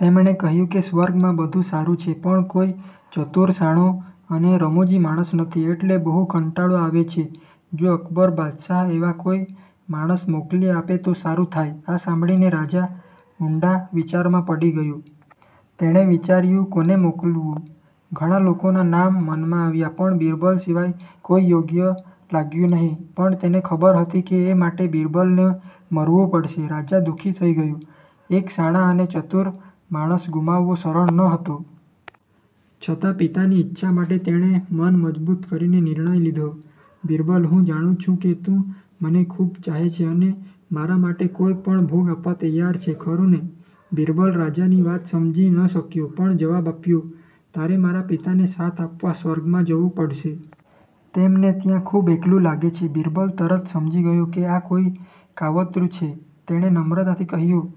તેમણે કહ્યું કે સ્વર્ગમાં બધું સારું છે, પણ કોઈ ચતુર, શાણો અને રમુજી માણસ નથી, એટલે બહુ કંટાળો આવે છે. જો અકબર બાદશાહ એવો કોઈ માણસ મોકલી આપે તો સારું થાય. આ સાંભળીને રાજા ઊંડા વિચારમાં પડી ગયો. તેણે વિચાર્યું: કોને મોકલવું? ઘણા લોકોના નામ મનમાં આવ્યા, પણ બિરબલ સિવાય કોઈ યોગ્ય લાગ્યું નહીં. પણ તેને ખબર હતી કે એ માટે બિરબલને મરવું પડશે. રાજા દુઃખી થઈ ગયો.એક શાણા અને ચતુર માણસ ગુમાવવો સરળ નહોતો. છતાં, પિતાની ઈચ્છા માટે તેણે મન મજબૂત કરીને નિર્ણય લીધો. બિરબલ, હું જાણું છું કે તું મને ખૂબ ચાહે છે અને મારા માટે કોઈ પણ ભોગ આપવા તૈયાર છે, ખરું ને? બિરબલ રાજાની વાત સમજી ન શક્યો, પણ જવાબ આપ્યો: તારે મારા પિતાને સાથ આપવા સ્વર્ગમાં જવું પડશે. તેમને ત્યાં ખૂબ એકલું લાગે છે. બિરબલ તરત સમજી ગયો કે આ કોઈ કાવતરૂં છે. તેણે નમ્રતાથી કહ્યું: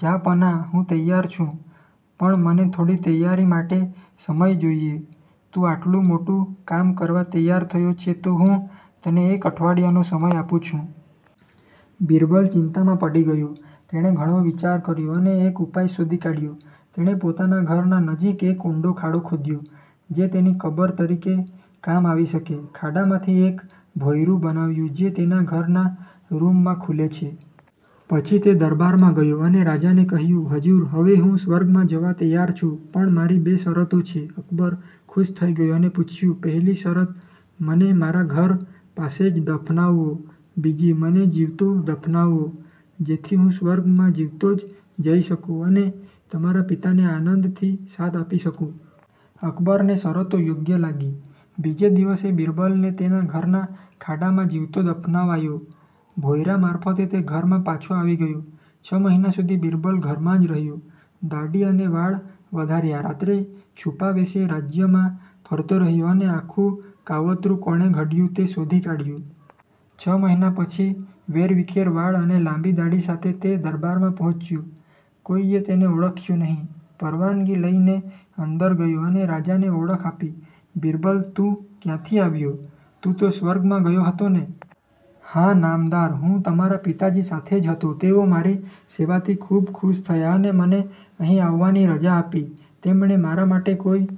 જહાંપનાહ, હું તૈયાર છું, પણ મને થોડી તૈયારી માટે સમય જોઈએ. તું આટલું મોટું કામ કરવા તૈયાર થયો છે, તો હું તને એક અઠવાડિયાનો સમય આપું છું. બિરબલ ચિંતામાં પડી ગયો. તેણે ઘણો વિચાર કર્યો અને એક ઉપાય શોધી કાઢ્યો. તેણે પોતાના ઘરના નજીક એક ઊંડો ખાડો ખોદ્યો -જે તેની કબર તરીકે કામ આવી શકે. ખાડામાંથી એક ભોંયરું બનાવ્યું જે તેના ઘરના રૂમમાં ખૂલે છે. પછી તે દરબારમાં ગયો અને રાજાને કહ્યું: હજૂર, હવે હું સ્વર્ગમાં જવા તૈયાર છું, પણ મારી બે શરતો છે. અકબર ખુશ થઈ ગયો અને પૂછ્યું: પહેલી શરત-મને મારા ઘર પાસે જ દફનાવવો. બીજી મને જીવતો દફનાવવો, જેથી હું સ્વર્ગમાં જીવતો જ જઈ શકું અને તમારા પિતાને આનંદથી સાથ આપી શકું. અકબરને શરતો યોગ્ય લાગી. બીજે દિવસે બિરબલને તેના ઘરના ખાડામાં જીવતો દફનાવાયો. ભોંયરા મારફતે તે ઘરમાં પાછો આવી ગયો. છ મહિના સુધી બિરબલ ઘરમાં જ રહ્યો. દાઢી અને વાળ વધાર્યા. રાત્રે છુપા વેશે રાજ્યમાં ફરતો રહ્યો અને આખું કાવતરૂં કોણે ઘડ્યું તે શોધી કાઢ્યું. છ મહિના પછી, વેરવિખેર વાળ અને લાંબી દાઢી સાથે તે દરબારમાં પહોંચ્યો. કોઈએ તેને ઓળખ્યું નહીં. પરવાનગી લઈને અંદર ગયો અને રાજાને ઓળખ આપી. બિરબલ! તું ક્યાંથી આવ્યો? તું તો સ્વર્ગમાં ગયો હતો ને? હા, નામદાર. હું તમારા પિતાજી સાથે જ હતો. તેઓ મારી સેવાથી ખૂબ ખુશ થયા અને મને અહીં આવવાની રજા આપી. તેમણે મારા માટે કોઈ